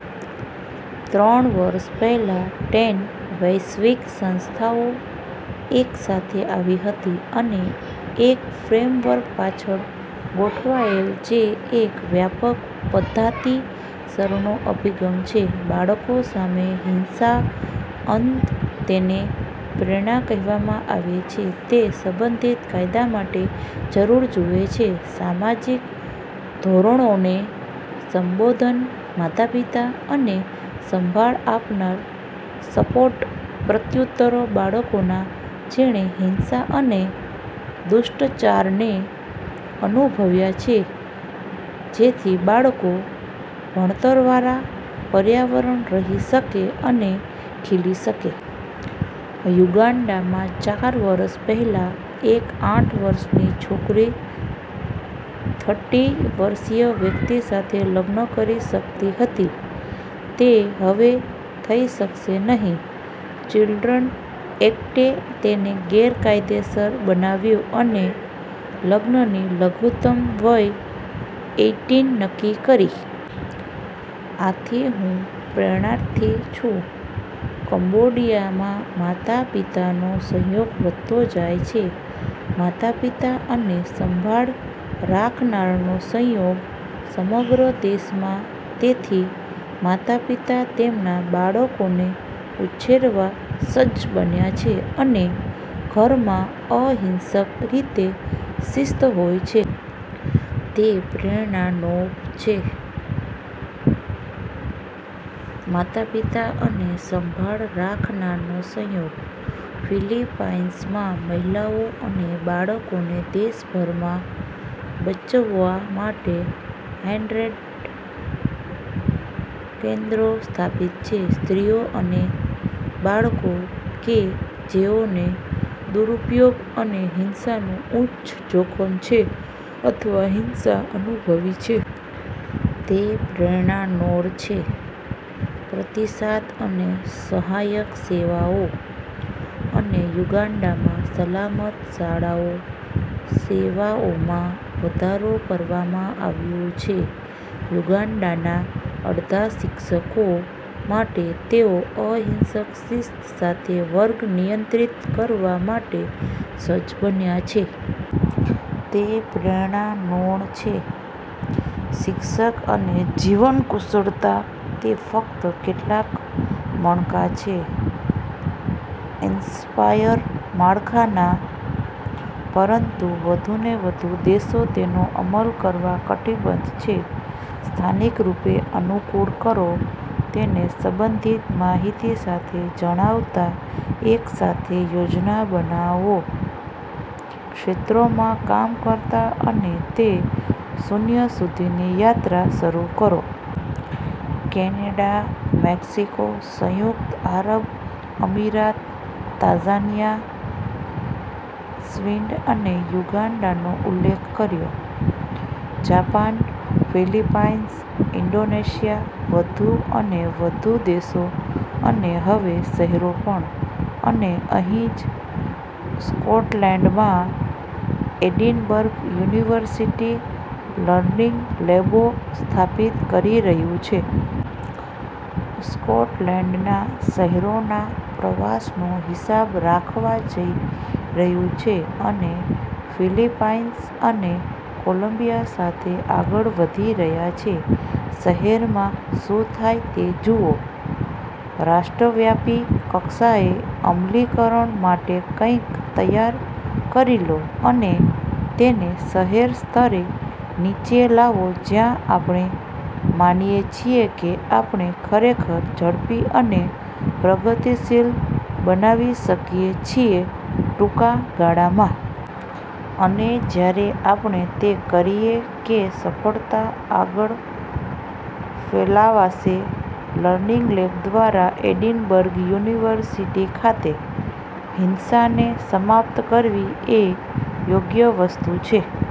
ત્રણ વર્ષ પહેલાં, ટેન વૈશ્વિક સંસ્થાઓ એક સાથે આવી હતી અને એક ફ્રેમવર્ક પાછળ ગોઠવાયેલ જે એક વ્યાપક પધાતિસરનો અભિગમ છે બાળકો સામે હિંસા અંત. તેને પ્રેરણા કેહવામાં આવે છે. તે સંબંધિત કાયદા માટે જરૂર જુએ છે સામાજિક ધોરણોને સંબોધન, માતાપિતા અને સંભાળ આપનાર સપોર્ટ, પ્રત્યુતરો બાળકોના જેણે હિંસા અને દુષ્ટચારને અનુભવ્યા છે જેથી બાળકો ભણતરવાળા પર્યાવરણ રહી શકે અને ખીલી શકે. યુગાન્ડામાં ચાર વર્ષ પહેલાં એક આઠ વર્ષની છોકરી થર્ટી વર્ષીય વ્યક્તિ સાથે લગ્ન કરી શકતી હતી. તે હવે થઈ શકશે નહીં. ચિલ્ડ્રન એકટે તેને ગેરકાયદેસર બનાવ્યું અને લગ્નની લઘુત્તમ વય એઈટીન નક્કી કરી. આથી હું પ્રેરણાર્થી છું. કંબોડિયામાં માતા પિતાનો સહયોગ વધતો જાય છે. માતા પિતા અને સંભાળ રાખનારનો સહયોગ સમગ્ર દેશમાં તેથી માતા પિતા તેમના બાળકોને ઉછેરવા સજ્જ બન્યા છે અને ઘરમાં અહિંસક રીતે શિસ્ત હોય છે. તે પ્રેરણા નો પ છે "માતા પિતા અને સંભાળ રાખનારનો સહયોગ." ફિલિપાઇન્સમાં મહિલાઓ અને બાળકોને દેશભરમાં બચાવવા માટે હન્ડ્રેડ કેન્દ્રો સ્થાપિત છે. સ્ત્રીઓ અને બાળકો કે જેઓને દુરુપયોગ અને હિંસાનું ઉચ્ચ જોખમ છે અથવા હિંસા અનુભવી છે. તે પ્રેરણા નો ર છે "પ્રતિસાદ અને સહાયક સેવાઓ." અને યુગાન્ડામાં, સલામત શાળાઓ સેવાઓમાં વધારો કરવામાં આવ્યું છે યુગાન્ડાના અડધા શિક્ષકો માટે. તેઓ અહિંસક શિસ્ત સાથે વર્ગ નિયંત્રિત કરવા માટે સજ્જ બન્યા છે. તે પ્રેરણા નો ણ છે "શિક્ષક અને જીવન કુશળતા." તે ફક્ત કેટલાક મણકા છે ઇન્સ્પાયર માળખાના. પરંતુ વધુ અને વધુ દેશો તેનો અમલ કરવા કટિબદ્ધ છે. સ્થાનિક રૂપે અનુકૂળ કરો, તેને સંબંધિત માહિતી સાથે જણાવતા, એક સાથે યોજના બનાવો, ક્ષેત્રોમાં કામ કરતા અને તે શૂન્ય સુધીની યાત્રા શરૂ કરો. કેનેડા, મેક્સિકો, સંયુક્ત આરબ અમીરાત, તાંઝાનિયા, સ્વીડ અને યુગાન્ડાનો ઉલ્લેખ કર્યો. જાપાન, ફિલિપાઇન્સ, ઇન્ડોનેશિયા, વધુ અને વધુ દેશો અને હવે શહેરો પણ. અને અહીં જ સ્કોટલેન્ડમાં એડિનબર્ગ યુનિવર્સિટી લર્નિંગ લેબો સ્થાપિત કરી રહ્યું છે. સ્કોટલેન્ડના શેહરોના પ્રવાસનો હિસાબ રાખવા જઈ રહ્યું છે. અને ફિલિપાઇન્સ અને કોલમ્બિયા સાથે આગળ વધી રહ્યા છે. શહેરમાં શું થાય તે જુઓ, રાષ્ટ્રવ્યાપી કક્ષાએ અમલીકરણ માટે કંઈક તૈયાર કરી લો અને તેને શહેર સ્તરે નીચે લાવો જ્યાં આપણે માનીએ છીએ કે આપણે ખરેખર ઝડપી અને પ્રગતિશીલ બનાવી શકીએ છીએ ટૂંકા ગાળામાં. અને જ્યારે આપણે તે કરીએ કે સફળતા આગળ ફેલાવાશે લર્નિંગ લેબ દ્વારા એડિનબર્ગ યુનિવર્સિટી ખાતે. હિંસાને સમાપ્ત કરવી એ યોગ્ય વસ્તુ છે.